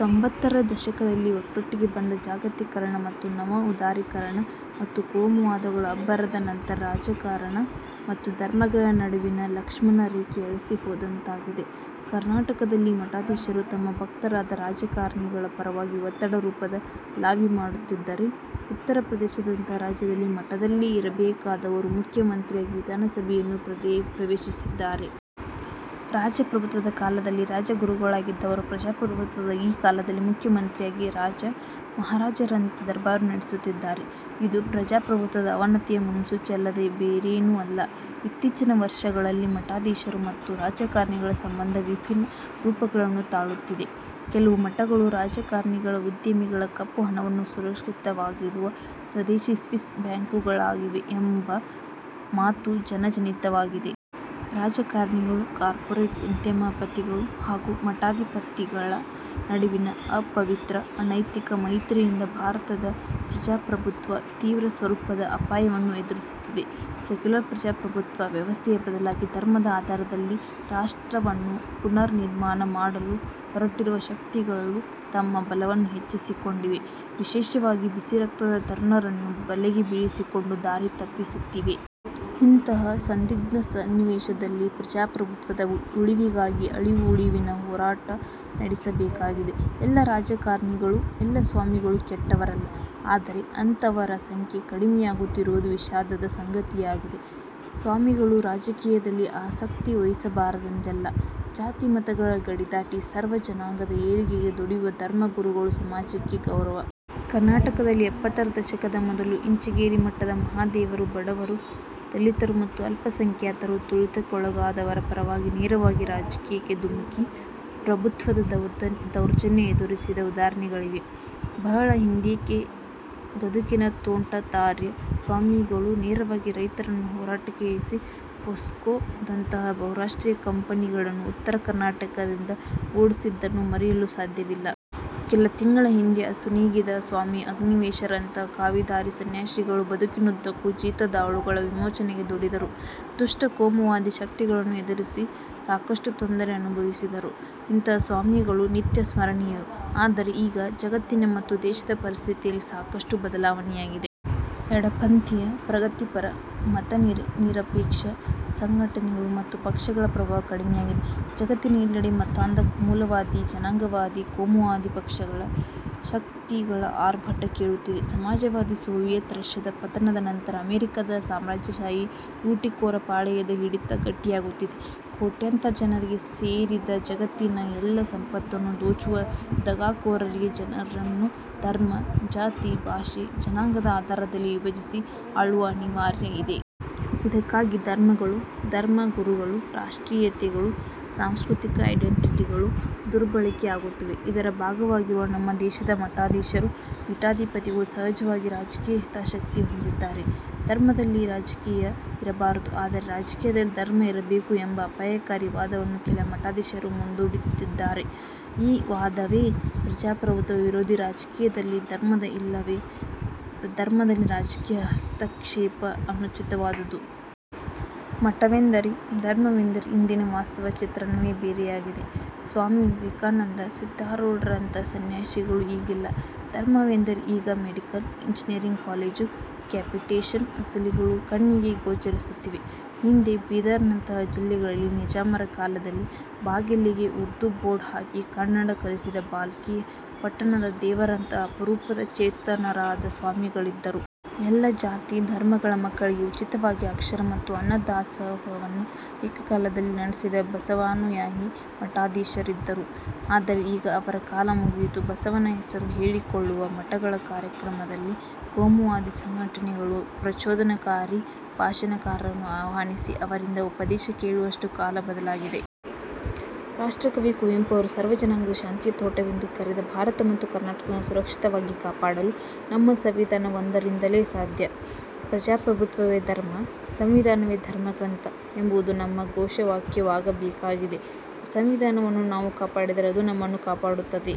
ತೊಂಬತ್ತರ ದಶಕದಲ್ಲಿ ಒಟ್ಟೊಟ್ಟಿಗೆ ಬಂದ ಜಾಗತೀಕರಣ ಮತ್ತು ನವ ಉದಾರೀಕರಣ ಮತ್ತು ಕೋಮುವಾದಗಳ ಅಬ್ಬರದ ನಂತರ ರಾಜಕಾರಣ ಮತ್ತು ಧರ್ಮಗಳ ನಡುವಿನ ಲಕ್ಷ್ಮಣ ರೇಖೆ ಅಳಿಸಿ ಹೋದಂತಾಗಿದೆ. ಕರ್ನಾಟಕದಲ್ಲಿ ಮಠಾಧೀಶರು ತಮ್ಮ ಭಕ್ತರಾದ ರಾಜಕಾರಣಿಗಳ ಪರವಾಗಿ ಒತ್ತಡ ರೂಪದ ಲಾಬಿ ಮಾಡುತ್ತಿದ್ದರೆ, ಉತ್ತರ ಪ್ರದೇಶದಂತಹ ರಾಜ್ಯದಲ್ಲಿ ಮಠದಲ್ಲಿ ಇರಬೇಕಾದವರು ಮುಖ್ಯ ಮಂತ್ರಿಯಾಗಿ ವಿಧಾನಸಭೆಯನ್ನು ಪ್ರವೇಶಿಸಿದ್ದಾರೆ. ರಾಜಪ್ರಭುತ್ವದ ಕಾಲದಲ್ಲಿ ರಾಜ ಗುರುಗಳಾಗಿದ್ದವರು ಪ್ರಜಾಪ್ರಭುತ್ವದ ಈ ಕಾಲದಲ್ಲಿ ಮುಖ್ಯ ಮಂತ್ರಿಯಾಗಿ ರಾಜ, ಮಹಾರಾಜರಂತೆ ದರ್ಬಾರು ನಡೆಸುತ್ತಿದ್ದಾರೆ. ಇದು ಪ್ರಜಾಪ್ರಭುತ್ವದ ಅವನತಿಯ ಮುನ್ಸೂಚನೆಯಲ್ಲದೆ ಬೇರೇನೂ ಅಲ್ಲ. ಇತ್ತೀಚಿನ ವರ್ಷಗಳಲ್ಲಿ ಮಠಾಧೀಶರು ಮತ್ತು ರಾಜಕಾರಣಿಗಳ ಸಂಬಂಧ ವಿಭಿನ್ನ ರೂಪಗಳನ್ನು ತಾಳುತ್ತಿದೆ. ಕೆಲವು ಮಠಗಳು ರಾಜಕಾರಣಿಗಳ ಉದ್ಯಮಿಗಳ ಕಪ್ಪುಹಣವನ್ನು ಸುರಕ್ಷಿತವಾಗಿಡುವ ಸ್ವದೇಶಿ ಸ್ವಿಸ್ ಬ್ಯಾಂಕುಗಳಾಗಿವೆ ಎಂಬ ಮಾತು ಜನ ಜನಿತವಾಗಿದೆ. ರಾಜಕಾರಣಿಗಳು, ಕಾರ್ಪೊರೇಟ್ ಉದ್ಯಮಪತಿಗಳು ಹಾಗೂ ಮಠಾಧಿಪತಿಗಳ ನಡುವಿನ ಅಪವಿತ್ರ, ಅನೈತಿಕ ಮೈತ್ರಿಯಿಂದ ಭಾರತದ ಪ್ರಜಾಪ್ರಭುತ್ವ ತೀವ್ರ ಸ್ವರೂಪದ ಅಪಾಯವನ್ನು ಎದುರಿಸುತ್ತಿದೆ. ಸೆಕ್ಯುಲರ್ ಪ್ರಜಾಪ್ರಭುತ್ವ ವ್ಯವಸ್ಥೆಯ ಬದಲಾಗಿ ಧರ್ಮದ ಆಧಾರದಲ್ಲಿ ರಾಷ್ಟ್ರವನ್ನು ಪುನರ್ನಿರ್ಮಾಣ ಮಾಡಲು ಹೊರಟಿರುವ ಶಕ್ತಿಗಳು ತಮ್ಮ ಬಲವನ್ನು ಹೆಚ್ಚಿಸಿಕೊಂಡಿವೆ. ವಿಶೇಷವಾಗಿ ಬಿಸಿರಕ್ತದ ತರುಣರನ್ನು ಬಲೆಗೆ ಬೀಳಿಸಿಕೊಂಡು ದಾರಿ ತಪ್ಪಿಸುತ್ತಿವೆ. ಇಂತಹ ಸಂದಿಗ್ಧ ಸನ್ನಿವೇಶದಲ್ಲಿ ಪ್ರಜಾಪ್ರಭುತ್ವದ ಉಳಿವಿಗಾಗಿ ಅಳಿವು ಉಳಿವಿನ ಹೋರಾಟ ನಡೆಸಬೇಕಾಗಿದೆ. ಎಲ್ಲ ರಾಜಕಾರಣಿಗಳು, ಎಲ್ಲ ಸ್ವಾಮಿಗಳು ಕೆಟ್ಟವರಲ್ಲ, ಆದರೆ ಅಂತಹವರ ಸಂಖ್ಯೆ ಕಡಿಮೆಯಾಗುತ್ತಿರುವುದು ವಿಷಾದದ ಸಂಗತಿಯಾಗಿದೆ. ಸ್ವಾಮಿಗಳು ರಾಜಕೀಯದಲ್ಲಿ ಆಸಕ್ತಿ ವಹಿಸಬಾರದೆಂದಲ್ಲ. ಜಾತಿ ಮತಗಳ ಗಡಿ ದಾಟಿ ಸರ್ವ ಜನಾಂಗದ ಏಳಿಗೆಗೆ ದುಡಿಯುವ ಧರ್ಮ ಗುರುಗಳು ಸಮಾಜಕ್ಕೆ ಗೌರವ. ಕರ್ನಾಟಕದಲ್ಲಿ ಎಪ್ಪತ್ತರ ದಶಕದ ಮೊದಲು ಇಂಚಗೇರಿ ಮಠದ ಮಹಾದೇವರು ಬಡವರು, ದಲಿತರು ಮತ್ತು ಅಲ್ಪಸಂಖ್ಯಾತರು, ತುಳಿತಕ್ಕೊಳಗಾದವರ ಪರವಾಗಿ ನೇರವಾಗಿ ರಾಜಕೀಯಕ್ಕೆ ಧುಮುಕಿ ಪ್ರಭುತ್ವದ ದೌರ್ಜನ್ಯ ಎದುರಿಸಿದ ಉದಾಹರಣೆಗಳಿವೆ. ಬಹಳ ಹಿಂದೇಕೆ ಗದುಗಿನ ತೋಂಟದಾರ್ಯ ಸ್ವಾಮಿಗಳು ನೇರವಾಗಿ ರೈತರನ್ನು ಹೋರಾಟಕ್ಕೆ ಇಳಿಸಿ ಪೊಸ್ಕೊದಂತಹ ಬಹುರಾಷ್ಟ್ರೀಯ ಕಂಪೆನಿಗಳನ್ನು ಉತ್ತರ ಕರ್ನಾಟಕದಿಂದ ಓಡಿಸಿದ್ದನ್ನು ಮರೆಯಲು ಸಾಧ್ಯವಿಲ್ಲ. ಕೆಲ ತಿಂಗಳ ಹಿಂದೆ ಅಸು ನೀಗಿದ ಸ್ವಾಮಿ ಅಗ್ನಿವೇಶರಂತಹ ಕಾವಿ ಧಾರಿ ಸನ್ಯಾಸಿಗಳು ಬದುಕಿನುದ್ದಕ್ಕೂ ಜೀತದಾಳುಗಳ ವಿಮೋಚನೆಗೆ ದುಡಿದರು. ದುಷ್ಟ ಕೋಮುವಾದಿ ಶಕ್ತಿಗಳನ್ನು ಎದುರಿಸಿ ಸಾಕಷ್ಟು ತೊಂದರೆ ಅನುಭವಿಸಿದರು. ಇಂತಹ ಸ್ವಾಮಿಗಳು ನಿತ್ಯ ಸ್ಮರಣೀಯರು. ಆದರೆ ಈಗ ಜಗತ್ತಿನ ಮತ್ತು ದೇಶದ ಪರಿಸ್ಥಿತಿಯಲ್ಲಿ ಸಾಕಷ್ಟು ಬದಲಾವಣೆಯಾಗಿದೆ. ಎಡಪಂಥೀಯ ಪ್ರಗತಿಪರ, ಮತ ನಿರಪೇಕ್ಷ ಸಂಘಟನೆಗಳು ಮತ್ತು ಪಕ್ಷಗಳ ಪ್ರಭಾವ ಕಡಿಮೆಯಾಗಿದೆ. ಜಗತ್ತಿನ ಎಲ್ಲೆಡೆ ಮತಾಂಧ ಮೂಲಭೂತವಾದಿ, ಜನಾಂಗವಾದಿ, ಕೋಮುವಾದಿ ಪಕ್ಷಗಳ, ಶಕ್ತಿಗಳ ಆರ್ಭಟ ಕೇಳುತ್ತಿದೆ. ಸಮಾಜವಾದಿ ಸೋವಿಯತ್ ರಶ್ಯದ ಪತನದ ನಂತರ ಅಮೆರಿಕದ ಸಾಮ್ರಾಜ್ಯಶಾಹಿ ಲೂಟಿಕೋರ ಪಾಳೆಯದ ಹಿಡಿತ ಗಟ್ಟಿಯಾಗುತ್ತಿದೆ. ಕೋಟ್ಯಂತರ ಜನರಿಗೆ ಸೇರಿದ ಜಗತ್ತಿನ ಎಲ್ಲ ಸಂಪತ್ತನ್ನು ದೋಚುವ ದಗಾಕೋರರಿಗೆ ಜನರನ್ನು ಧರ್ಮ, ಜಾತಿ, ಭಾಷೆ, ಜನಾಂಗದ ಆಧಾರದಲ್ಲಿ ವಿಭಜಿಸಿ ಆಳುವ ಅನಿವಾರ್ಯ ಇದೆ. ಇದಕ್ಕಾಗಿ ಧರ್ಮಗಳು, ಧರ್ಮಗುರುಗಳು, ರಾಷ್ಟ್ರೀಯತೆಗಳು, ಸಾಂಸ್ಕೃತಿಕ ಐಡೆಂಟಿಟಿಗಳು ದುರ್ಬಳಕೆ ಆಗುತ್ತಿವೆ. ಇದರ ಭಾಗವಾಗಿರುವ ನಮ್ಮ ದೇಶದ ಮಠಾಧೀಶರು, ಪೀಠಾಧಿಪತಿಗಳು ಸಹಜವಾಗಿ ರಾಜಕೀಯ ಹಿತಾಸಕ್ತಿ ಹೊಂದಿದ್ದಾರೆ. ಧರ್ಮದಲ್ಲಿ ರಾಜಕೀಯ ಇರಬಾರದು ಆದರೆ ರಾಜಕೀಯದಲ್ಲಿ ಧರ್ಮ ಇರಬೇಕು ಎಂಬ ಅಪಾಯಕಾರಿ ವಾದವನ್ನು ಕೆಲ ಮಠಾಧೀಶರು ಮುಂದಿಡುತ್ತಿದ್ದಾರೆ. ಈ ವಾದವೇ ಪ್ರಜಾಪ್ರಭುತ್ವ ವಿರೋಧಿ ರಾಜಕೀಯದಲ್ಲಿ ಧರ್ಮದ ಇಲ್ಲವೇ ಧರ್ಮದಲ್ಲಿ ರಾಜಕೀಯ ಹಸ್ತಕ್ಷೇಪ ಅನುಚಿತವಾದುದು. ಮಠವೆಂದರೆ, ಧರ್ಮವೆಂದರೆ ಇಂದಿನ ವಾಸ್ತವ ಚಿತ್ರಣವೇ ಬೇರೆಯಾಗಿದೆ. ಸ್ವಾಮಿ ವಿವೇಕಾನಂದ, ಸಿದ್ದಾರೂಢರಂತಹ ಸನ್ಯಾಸಿಗಳು ಈಗಿಲ್ಲ. ಧರ್ಮವೆಂದರೆ ಈಗ ಮೆಡಿಕಲ್, ಇಂಜಿನಿಯರಿಂಗ್ ಕಾಲೇಜು, ಕ್ಯಾಪಿಟೇಶನ್ ವಸೂಲಿಗಳು ಕಣ್ಣಿಗೆ ಗೋಚರಿಸುತ್ತಿವೆ. ಹಿಂದೆ ಬೀದರ್ನಂತಹ ಜಿಲ್ಲೆಗಳಲ್ಲಿ ನಿಜಾಮರ ಕಾಲದಲ್ಲಿ ಬಾಗಿಲಿಗೆ ಉರ್ದು ಬೋರ್ಡ್ ಹಾಕಿ ಕನ್ನಡ ಕಲಿಸಿದ ಬಾಲ್ಕಿಯ ಪಟ್ಟದ ದೇವರಂತಹ ಅಪರೂಪದ ಚೇತನರಾದ ಸ್ವಾಮಿಗಳಿದ್ದರು. ಎಲ್ಲ ಜಾತಿ, ಧರ್ಮಗಳ ಮಕ್ಕಳಿಗೆ ಉಚಿತವಾಗಿ ಅಕ್ಷರ ಮತ್ತು ಅನ್ನ ದಾಸೋಹವನ್ನು ಏಕಕಾಲದಲ್ಲಿ ನಡೆಸಿದ ಬಸವಾನುಯಾಯಿ ಮಠಾಧೀಶರಿದ್ದರು. ಆದರೆ ಈಗ ಅವರ ಕಾಲ ಮುಗಿಯಿತು. ಬಸವನ ಹೆಸರು ಹೇಳಿಕೊಳ್ಳುವ ಮಠಗಳ ಕಾರ್ಯಕ್ರಮದಲ್ಲಿ ಕೋಮುವಾದಿ ಸಂಘಟನೆಗಳ ಪ್ರಚೋದನಕಾರಿ ಭಾಷಣಕಾರರನ್ನು ಆಹ್ವಾನಿಸಿ ಅವರಿಂದ ಉಪದೇಶ ಕೇಳುವಷ್ಟು ಕಾಲ ಬದಲಾಗಿದೆ. ರಾಷ್ಟ್ರ ಕವಿ ಕುವೆಂಪು ಅವರು ಸರ್ವಜನಾಂಗದ ಶಾಂತಿಯ ತೋಟವೆಂದು ಕರೆದ ಭಾರತ ಮತ್ತು ಕರ್ನಾಟಕಗಳನ್ನು ಸುರಕ್ಷಿತವಾಗಿ ಕಾಪಾಡಲು ನಮ್ಮ ಸಂವಿಧಾನವೊಂದರಿಂದಲೇ ಸಾಧ್ಯ. 'ಪ್ರಜಾಪ್ರಭುತ್ವವೇ ಧರ್ಮ, ಸಂವಿಧಾನವೇ ಧರ್ಮಗ್ರಂಥ' ಎಂಬುದು ನಮ್ಮ ಘೋಷ ವಾಕ್ಯವಾಗಬೇಕಾಗಿದೆ. ಸಂವಿಧಾನವನ್ನು ನಾವು ಕಾಪಾಡಿದರೆ ಅದು ನಮ್ಮನ್ನು ಕಾಪಾಡುತ್ತದೆ.